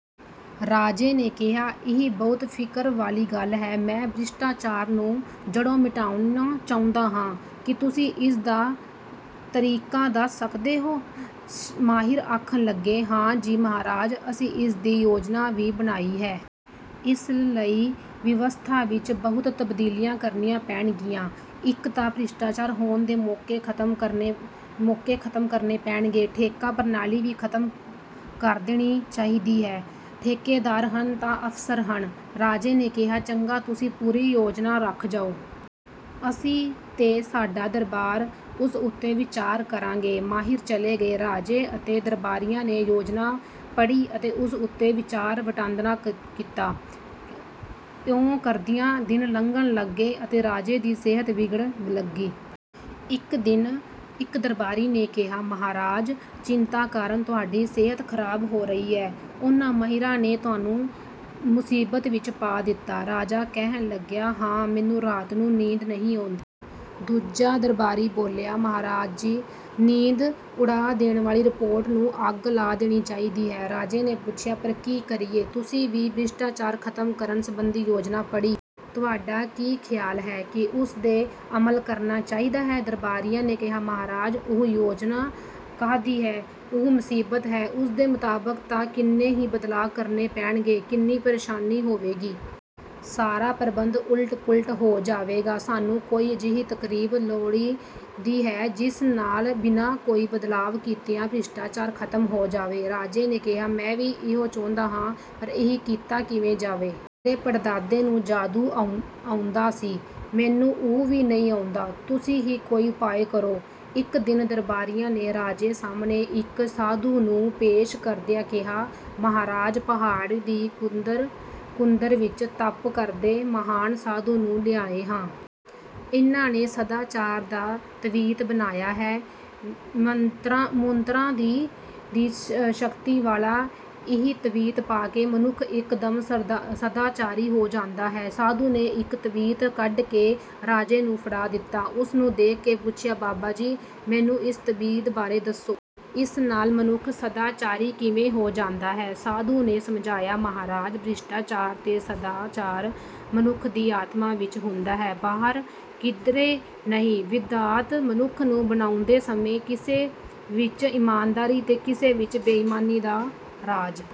ਰਾਜੇ ਨੇ ਕਿਹਾ, ''ਇਹ ਬਹੁਤ ਫਿਕਰ ਵਾਲੀ ਗੱਲ ਹੈ। ਮੈਂ ਭ੍ਰਿਸ਼ਟਾਚਾਰ ਨੂੰ ਜੜ੍ਹੋਂ ਮਿਟਾਉਣਾ ਚਾਹੁੰਦਾ ਹਾਂ। ਕੀ ਤੁਸੀਂ ਇਸ ਦਾ ਤਰੀਕਾ ਦੱਸ ਸਕਦੇ ਹੋ? " ਮਾਹਿਰ ਆਖਣ ਲੱਗੇ, ''ਹਾਂ ਜੀ ਮਹਾਰਾਜ, ਅਸੀਂ ਇਸ ਦੀ ਯੋਜਨਾ ਵੀ ਬਣਾਈ ਹੈ। ਇਸ ਲਈ ਵਿਵਸਥਾ ਵਿੱਚ ਬਹੁਤ ਤਬਦੀਲੀਆਂ ਕਰਨੀਆਂ ਪੈਣਗੀਆਂ। ਇੱਕ ਤਾਂ ਭ੍ਰਿਸ਼ਟਾਚਾਰ ਹੋਣ ਦੇ ਮੌਕੇ ਖਤਮ ਕਰਨੇ ਪੈਣਗੇ। ਠੇਕਾ ਪ੍ਰਣਾਲੀ ਹੀ ਖਤਮ ਕਰ ਦੇਣੀ ਚਾਹੀਦੀ ਹੈ। ਠੇਕੇਦਾਰ ਹਨ ਤਾਂ ਅਫਸਰ ਹਨ। " ਰਾਜੇ ਨੇ ਕਿਹਾ, ''ਚੰਗਾ, ਤੁਸੀਂ ਪੂਰੀ ਯੋਜਨਾ ਰੱਖ ਜਾਓ। ਅਸੀਂ ਤੇ ਸਾਡਾ ਦਰਬਾਰ ਉਸ ਉੱਤੇ ਵਿਚਾਰ ਕਰਾਂਗੇ। " ਮਾਹਿਰ ਚਲੇ ਗਏ। ਰਾਜੇ ਅਤੇ ਦਰਬਾਰੀਆਂ ਨੇ ਯੋਜਨਾ ਪੜ੍ਹੀ ਅਤੇ ਉਸ ਉੱਤੇ ਵਿਚਾਰ ਵਟਾਂਦਰਾ ਕੀਤਾ। ਇਉਂ ਕਰਦਿਆਂ ਦਿਨ ਲੰਘਣ ਲੱਗੇ ਅਤੇ ਰਾਜੇ ਦੀ ਸਿਹਤ ਵਿਗੜਨ ਲੱਗੀ। ਇੱਕ ਦਿਨ ਇੱਕ ਦਰਬਾਰੀ ਨੇ ਕਿਹਾ, ''ਮਹਾਰਾਜ, ਚਿੰਤਾ ਕਾਰਨ ਤੁਹਾਡੀ ਸਿਹਤ ਖਰਾਬ ਹੋ ਰਹੀ ਹੈ। ਉਨ੍ਹਾਂ ਮਾਹਿਰਾਂ ਨੇ ਤੁਹਾਨੂੰ ਮੁਸੀਬਤ 'ਚ ਪਾ ਦਿੱਤਾ। " ਰਾਜਾ ਕਹਿਣ ਲੱਗਿਆ, ''ਹਾਂ, ਮੈਨੂੰ ਰਾਤ ਨੂੰ ਨੀਂਦ ਨਹੀਂ ਆਉਂਦੀ। " ਦੂਜਾ ਦਰਬਾਰੀ ਬੋਲਿਆ, ''ਮਹਾਰਾਜ ਦੀ ਨੀਂਦ ਉਡਾ ਦੇਣ ਵਾਲੀ ਰਿਪੋਰਟ ਨੂੰ ਅੱਗ ਲਾ ਦੇਣੀ ਚਾਹੀਦੀ ਹੈ। " ਰਾਜੇ ਨੇ ਪੁੱਛਿਆ, '' ਪਰ ਕੀ ਕਰੀਏ? ਤੁਸੀਂ ਵੀ ਭ੍ਰਿਸ਼ਟਾਚਾਰ ਖਤਮ ਕਰਨ ਸੰਬੰਧੀ ਯੋਜਨਾ ਪੜ੍ਹੀ ਹੈ। ਤੁਹਾਡਾ ਕੀ ਖਿਆਲ ਹੈ? ਕੀ ਉਸ 'ਤੇ ਅਮਲ ਕਰਨਾ ਚਾਹੀਦਾ ਹੈ? " ਦਰਬਾਰੀਆਂ ਨੇ ਕਿਹਾ, ''ਮਹਾਰਾਜ, ਉਹ ਯੋਜਨਾ ਕਾਹਦੀ ਹੈ, ਉਹ ਮੁਸੀਬਤ ਹੈ। ਉਸ ਦੇ ਮੁਤਾਬਕ ਤਾਂ ਕਿੰਨੇ ਹੀ ਬਦਲਾਅ ਕਰਨੇ ਪੈਣਗੇ। ਕਿੰਨੀ ਪ੍ਰੇਸ਼ਾਨੀ ਹੋਵੇਗੀ। ਸਾਰਾ ਪ੍ਰਬੰਧ ਉਲਟ ਪੁਲਟ ਹੋ ਜਾਵੇਗਾ। ਸਾਨੂੰ ਕੋਈ ਅਜਿਹੀ ਤਰਕੀਬ ਲੋੜੀਂਦੀ ਹੈ, ਜਿਸ ਨਾਲ ਬਿਨਾਂ ਕੋਈ ਬਦਲਾਅ ਕੀਤਿਆਂ ਭ੍ਰਿਸ਼ਟਾਚਾਰ ਖਤਮ ਹੋ ਜਾਵੇ। " ਰਾਜੇ ਨੇ ਕਿਹਾ, ''ਮੈਂ ਵੀ ਇਹੋ ਚਾਹੁੰਦਾ ਹਾਂ, ਪਰ ਇਹ ਕੀਤਾ ਕਿਵੇਂ ਜਾਵੇ? ਮੇਰੇ ਪੜਦਾਦੇ ਨੂੰ ਜਾਦੂ ਆਉਂਦਾ ਸੀ, ਮੈਨੂੰ ਉਹ ਵੀ ਨਹੀਂ ਆਉਂਦਾ। ਤੁਸੀਂ ਹੀ ਕੋਈ ਉਪਾਅ ਕਰੋ? " ਇੱਕ ਦਿਨ ਦਰਬਾਰੀਆਂ ਨੇ ਰਾਜੇ ਸਾਹਮਣੇ ਇੱਕ ਸਾਧੂ ਨੂੰ ਪੇਸ਼ ਕਰਦਿਆਂ ਕਿਹਾ, ''ਮਹਾਰਾਜ, ਪਹਾੜ ਦੀ ਕੁੰਦਰ ਵਿੱਚ ਤਪ ਕਰਦੇ ਮਹਾਨ ਸਾਧੂ ਨੂੰ ਲਿਆਏ ਹਾਂ। ਇਨ੍ਹਾਂ ਨੇ ਸਦਾਚਾਰ ਦਾ ਤਵੀਤ ਬਣਾਇਆ ਹੈ। ਮੰਤਰਾਂ ਦੀ ਸ਼ਕਤੀ ਵਾਲਾ ਇਹ ਤਵੀਤ ਪਾ ਕੇ ਮਨੁੱਖ ਇਕਦਮ ਸਦਾਚਾਰੀ ਹੋ ਜਾਂਦਾ ਹੈ। " ਸਾਧੂ ਨੇ ਇੱਕ ਤਵੀਤ ਕੱਢ ਕੇ ਰਾਜੇ ਨੂੰ ਫੜਾ ਦਿੱਤਾ। ਉਸ ਨੂੰ ਦੇਖ ਕੇ ਪੁੱਛਿਆ, ''ਬਾਬਾ ਜੀ, ਮੈਨੂੰ ਇਸ ਤਵੀਤ ਬਾਰੇ ਦੱਸੋ। ਇਸ ਨਾਲ ਮਨੁੱਖ ਸਦਾਚਾਰੀ ਕਿਵੇਂ ਹੋ ਜਾਂਦਾ ਹੈ? " ਸਾਧੂ ਨੇ ਸਮਝਾਇਆ, ''ਮਹਾਰਾਜ, ਭ੍ਰਿਸ਼ਟਾਚਾਰ ਤੇ ਸਦਾਚਾਰ ਮਨੁੱਖ ਦੀ ਆਤਮਾ ਵਿੱਚ ਹੁੰਦਾ ਹੈ, ਬਾਹਰ ਕਿਧਰੇ ਨਹੀਂ। ਵਿਧਾਤਾ ਮਨੁੱਖ ਨੂੰ ਬਣਾਉਂਦੇ ਸਮੇਂ ਕਿਸੇ ਵਿੱਚ ਇਮਾਨਦਾਰੀ ਤੇ ਕਿਸੇ ਵਿੱਚ ਬੇਈਮਾਨੀ ਦਾ ਸਾਜ਼